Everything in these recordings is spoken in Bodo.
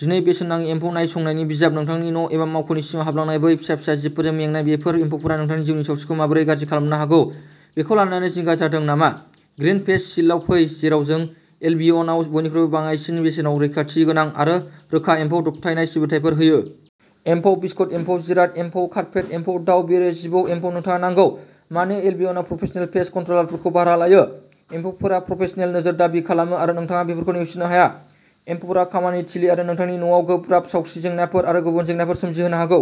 दिनै बेसेन नाङै एम्फौ नायसंनायनि बिजाब नोंथांनि न' एबा मावख'नि सिङाव हाबलांनाय बै फिसा फिसा जिबफोरजों मेंनाय, बेफोर एम्फौफोरा नोंथांनि जिउनि सावस्रिखौ माबोरै गाज्रि खालामनो हागौ बेखौ लानानै जिंगा जादों नामा? ग्रीन पेस्ट शील्डआव फै जेराव जों एल्बियनआव बयनिख्रुइ बाङाइसिन बेसेनाव रैखाथि गोनां आरो रोखा एम्फौ दबथायनाय सिबिथाइफोर होयो। एमफौ, बिस्कुट एम्फौ, जिराद, एम्फौ, कार्पेट एम्फौ, दाउ, बेरे, जिबौ, एम्फौ नोंथाङा नांगौ। मानो एल्बियनाव प्रफेशनेल पेस्ट कन्ट्र'लारफोरखौ भारा लायो? एम्फौफोरा प्रफेशनेल नोजोर दाबि खालामो आरो नोंथाङा बेफोरखौ नेवसिनो हाया। एम्फौफोरा खामानि थिलि आरो नोंथांनि न'आव गोब्राब सावस्रि जेंनाफोर आरो गुबुन जेंनाफोर सोमजिहोनो हागौ।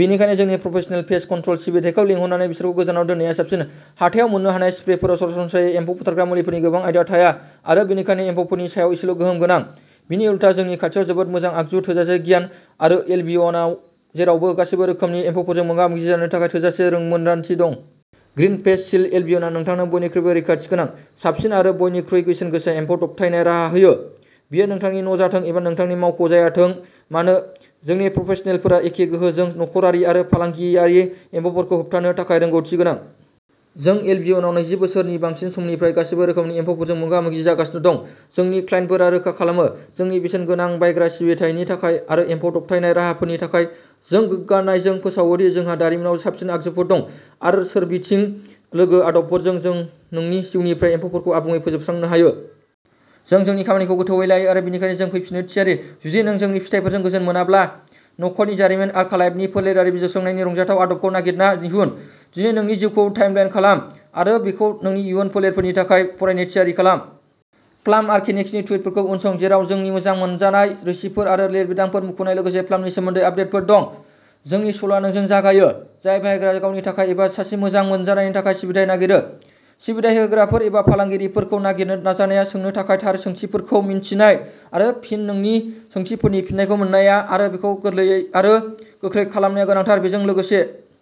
बेनिखायनो जोंनि प्रफेशनेल पेस्ट कन्ट्र'ल सिबिथाइखौ लिंहरनानै बिसोरखौ गोजानाव दोननाया साबसिन। हाथायाव मोन्नो हानाय स्प्रेफोराव सरासनस्रायै एम्फौ बुथारग्रा मुलिफोरनि गोबां आयदा थाया आरो बेनिखायनो एम्फौफोरनि सायाव एसेल' गोहोम गोनां। बिनि उलथा, जोंनि खाथियाव जोबोद मोजां आगजु, थोजासे गियान आरो एल्बियनाव जेरावबो गासैबो रोखोमनि एम्फौफोरजों मोगा-मोगि जानो थाखाय थोजासे रोंमोन्दांथि दं। ग्रीन पेस्ट शील्ड एल्बियना नोंथांनो बयनिख्रुइबो रैखाथि गोनां, साबसिन आरो बयनिख्रुइ बेसेनगोसा एम्फौ दबथायनाय राहा होयो। बेयो नोंथांनि न' जाथों एबा नोंथांनि मावख' जायाथों मानो, जोंनि प्रफेशनेलफोरा एखे गोहोजों नखरारि आरो फालांगियारि एम्फौफोरखौ होबथानो थाखाय रोंग'थि गोनां। जों एल्बियनाव नैजि बोसोरनि बांसिन समनिफ्राय गासैबो रोखोमनि एम्फौफोरजों मोगा-मोगि जागासिनो दं। जोंनि क्लाइन्टफोरा रोखा खालामो। जोंनि बेसेनगोनां बायग्रा सिबिथायनि थाखाय आरो एम्फौ दबथायनाय राहाफोरनि थाखाय। जों गोग्गानायजों फोसावो दि जोंहा दारिमिनाव साबसिन आगजुफोर दं आरो सोरबिथिं लोगो आदबफोरजों जों नोंनि जिउनिफ्राय एम्फौफोरखौ आबुङै फोजोबस्रांनो हायो। जों जोंनि खामानिखौ गोथौवै लायो आरो बेनिखायनो जों फैफिननो थियारि, जुदि नों जोंनि फिथायफोरजों गोजोन मोनाब्ला। नखरनि जारिमिन आर्कालाइफनि फोलेरारि बिजिरसंनायनि रंजाथाव आदबखौ नागिरना दिहुन। दिनै नोंनि जिउखौ टाइमलाइन खालाम आरो बेखौ नोंनि इयुन फोलेरफोरनि थाखाय फरायनो थियारि खालाम। प्लाम अर्गेनिक्सनि टुइटफोरखौ उनसं, जेराव जोंनि मोजां मोनजानाय रेसिपिफोर आरो लिरबिदांफोरनि मुंख'नाय लोगोसे प्लामनि सोमोन्दै आपडेटफोर दं। जोंनि सल'आ नोंजों जागायो, जाय बाहायग्राया गावनि थाखाय एबा सासे मोजां मोनजानायनि थाखाय सिबिथाइ नागिरो। सिबिथाइ होग्राफोर एबा फालांगिफोरखौ नागिरनो नाजानाया, सोंनो थाखाय थार सोंथिफोरखौ मिन्थिनाय आरो फिन नोंनि सोंथिफोरनि फिननायखौ मोननाया आरो बेखौ गोरलैयै आरो गोख्रै खालामनाया गोनांथार। बेजों लोगोसे